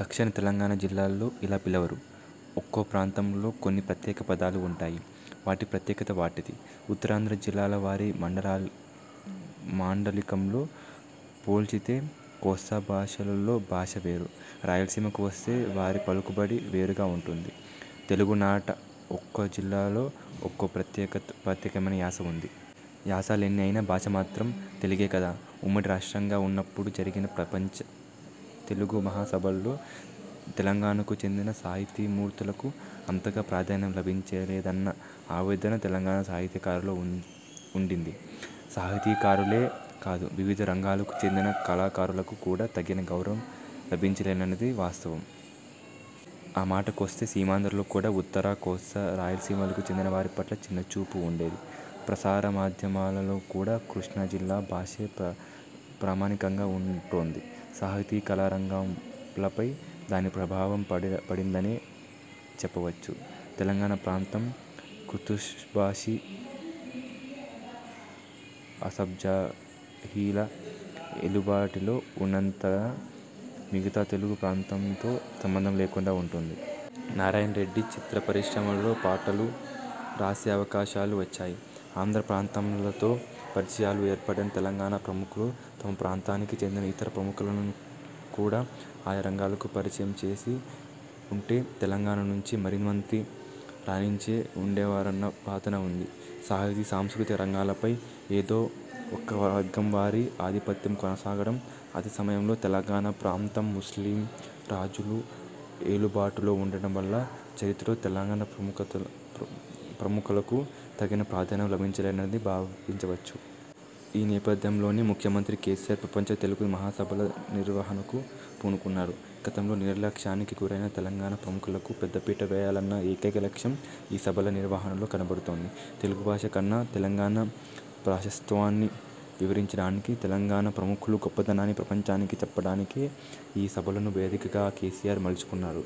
దక్షిణ తెలంగాణ జిల్లాలలో ఇలా పిలవరు. ఒక్కో ప్రాంతంలో కొన్ని ప్రత్యేక పదాలు ఉంటాయి. వాటి ప్రత్యేకత వాటిది! ఉత్తరాంధ్ర జిల్లాలవారి మాండలికంలో పోల్చితే కోస్తా జిల్లాలలో భాష వేరు! రాయలసీమకు వస్తే వారి పలుకుబడి వేరుగా ఉంటుంది. తెలుగునాట ఒక్కో జిల్లాలో ఒక్కో ప్రత్యేకమైన యాస ఉంది. యాసలెన్ని అయినా భాష మాత్రం తెలుగే కదా! ఉమ్మడి రాష్ట్రంగా ఉన్నప్పుడు జరిగిన ప్రపంచ తెలుగు మహాసభలలో తెలంగాణకు చెందిన సాహితీమూర్తులకు అంతగా ప్రాధాన్యం లభించలేదన్న ఆవేదన తెలంగాణ సాహిత్యకారులలో ఉండింది. సాహితీకారులే కాదు– వివిధ రంగాలకు చెందిన కళాకారులకు కూడా తగిన గౌరవం లభించలేదన్నది వాస్తవం! ఆ మాటకొస్తే సీమాంధ్రలో కూడా ఉత్తర కోస్తా, రాయలసీమకు చెందినవారి పట్ల చిన్నచూపు ఉండేది. ప్రసార మాధ్యమాలలో కూడా కృష్ణా జిల్లా భాషే ప్రామాణికంగా ఉంటోంది. సాహితీ, కళా రంగాలపై దాని ప్రభావం పడిందనే చెప్పవచ్చు. తెలంగాణ ప్రాంతం కుతుబ్షాహీ, అసఫ్జాహీల ఏలుబడిలో ఉన్నందున మిగతా తెలుగు ప్రాంతంతో సంబంధం లేకుండా ఉండింది. నారాయణరెడ్డికి చిత్ర పరిశ్రమలో పాటలు రాసే అవకాశాలు వచ్చాయి. ఆంధ్ర ప్రాంతంలతో పరిచయాలు ఏర్పడిన తెలంగాణ ప్రముఖులు తమ ప్రాంతాలతొ చెందిన ఇతర ప్రముఖులను కూడా ఆయా రంగాలకు పరిచయం చేసి ఉంటే తెలంగాణ నుంచి మరింతమంది రాణించి ఉండేవారన్న వాదన ఉంది. సాహితీ, సాంస్కృతిక రంగాలపై ఏదో ఒక వర్గంవారి ఆధిపత్యం కొనసాగడం, అదే సమయంలో తెలంగాణ ప్రాంతం ముస్లిం రాజుల ఏలుబడిలో ఉండటం వల్ల చరిత్రలో తెలంగాణ ప్రముఖులకు తగిన ప్రాధాన్యం లభించలేదని భావించవచ్చు. ఈ నేపథ్యంలోనే ముఖ్యమంత్రి కేసీఆర్ ప్రపంచ తెలుగు మహాసభల నిర్వహణకు పూనుకున్నారు. గతంలో నిర్లక్ష్యానికి గురైన తెలంగాణ ప్రముఖులకు పెద్దపీట వేయాలన్న ఏకైక లక్ష్యం ఈ సభల నిర్వహణలో కనబడుతోంది. తెలుగు భాష కన్నా తెలంగాణ ప్రాశస్త్యాన్ని వివరించడానికి, తెలంగాణ ప్రముఖుల గొప్పదనాన్ని ప్రపంచానికి చాటిచెప్పడానికే ఈ సభలను వేదికగా కేసీఆర్ మలచుకున్నారు.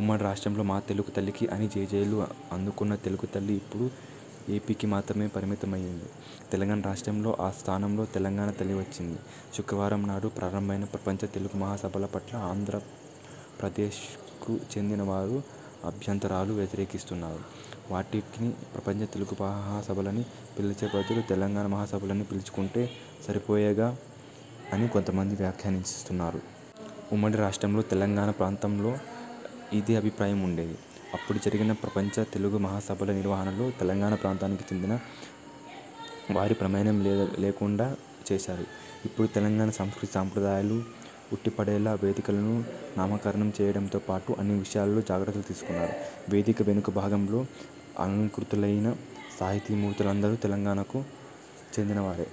ఉమ్మడి రాష్ట్రంలో 'మా తెలుగు తల్లికి' అని జేజేలు అందుకున్న తెలుగు తల్లి ఇప్పుడు ఏపీకి మాత్రమే పరిమితమయ్యింది. తెలంగాణ రాష్ట్రంలో ఆ స్థానంలో తెలంగాణ తల్లి వచ్చింది. శుక్రవారంనాడు ప్రారంభమైన ప్రపంచ తెలుగు మహాసభల పట్ల ఆంధ్రప్రదేశ్కు చెందినవారు అభ్యంతరాలు వ్యక్తంచేస్తున్నారు. వాటిని ప్రపంచ తెలుగు మహాసభలని పిలిచే బదులు తెలంగాణ మహాసభలని పిలుచుకుంటే సరిపోయేదిగా అని కొంతమంది వ్యాఖ్యానిస్తున్నారు. ఉమ్మడి రాష్ట్రంలో తెలంగాణ ప్రాంతంవారిలో ఇదే అభిప్రాయం ఉండేది. అప్పుడు జరిగిన ప్రపంచ తెలుగు మహాసభల నిర్వహణలో తెలంగాణ ప్రాంతానికి చెందినవారి ప్రమేయం లేకుండా చేశారు. ఇప్పుడు తెలంగాణ సంస్కృతీ, సంప్రదాయాలు ఉట్టిపడేలా వేదికలకు నామకరణం చేయడంతో పాటు అన్ని విషయాలలో। జాగ్రత్తలు తీసుకున్నారు. వేదిక వెనుక భాగంలో అలంకృతులైన సాహితీమూర్తులందరూ తెలంగాణకు చెందిన వారే!